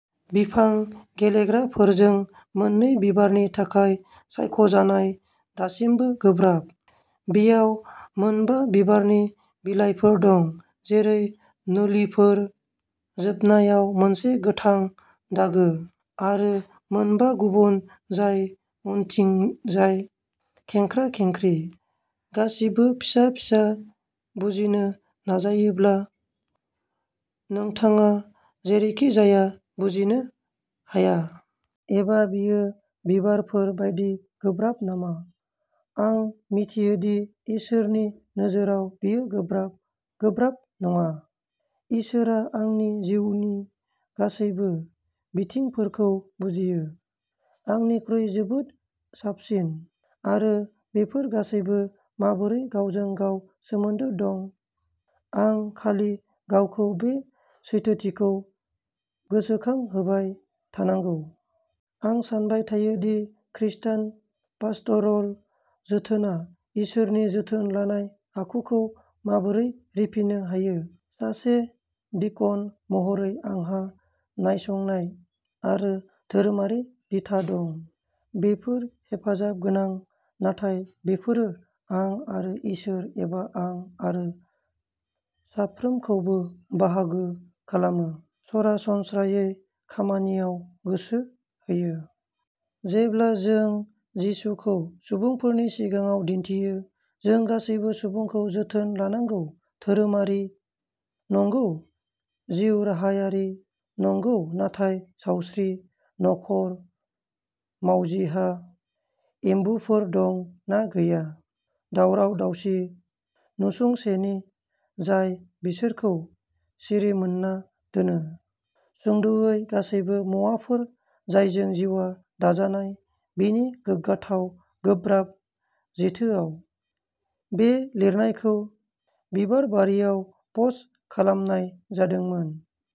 बिफां फोलेरग्राफोरजों मोननै बिबारनि थाखाय सायख'जानाय, दासिमबो गोब्राब। बेयाव मोनबा बिबारनि बिलाइफोर दं, जेरै नोलिफोर, जोबनायाव मोनसे गोथां दागो, आरो मोनबा गुबुन जाय उनथिंजाय खेंख्रा-खेंख्रि। गासिबो फिसा फिसा बुजिनो नाजायोब्ला, नोंथाङा जेरैखिजाया बुजिनो हाया। एबा बेयो बिबारफोर बायदि गोब्राब नामा? आं मिन्थियोदि इसोरनि नोजोराव बेयो गोब्राब, गोब्राब नङा। इसोरआ आंनि जिउनि गासैबो बिथिंफोरखौ बुजियो, आंनिख्रुइ जोबोद साबसिन, आरो बेफोर गासैबो माबोरै गावजों-गाव सोमोन्दो दं। आं खालि गावखौ बे सैथोथिखौ गोसोखांहोबाय थानांगौ। आं सानबाय थायो दि खृष्टान पास्टरल जोथोनआ इसोरनि जोथोन लानाय आखुखौ माबोरै रिफिनो हायो। सासे डिकन महरै आंहा नायसंनाय आरो धोरोमारि दिथा दं। बेफोर हेफाजाब गोनां, नाथाय बेफोरो आं आरो इसोर एबा आं आरो साफ्रोमखौबो बाहागो खालामो, सरासनस्रायै खामानियाव गोसो होयो। जेब्ला जों जिसुखौ सुबुंफोरनि सिगाङाव दिन्थियो, जों गासै सुबुंखौ जोथोन लानांगौ धोरोमारि, नंगौ, जिउराहायारि, नंगौ, नाथाय सावस्रि, नखर, मावजिहा एम्बुफोर दं ना गैया, दावराव दावसि नसुंसेनि जाय बिसोरखौ सिरिमोनना दोनो। सुंद'यै, गासैबो मुवाफोर जायजों जिउआ दाजानाय, बेनि गोग्गाथाव गोब्राब जेथोआव। बे लिरनायखौ बिबारबारियाव पस्ट खालामनाय जादोंमोन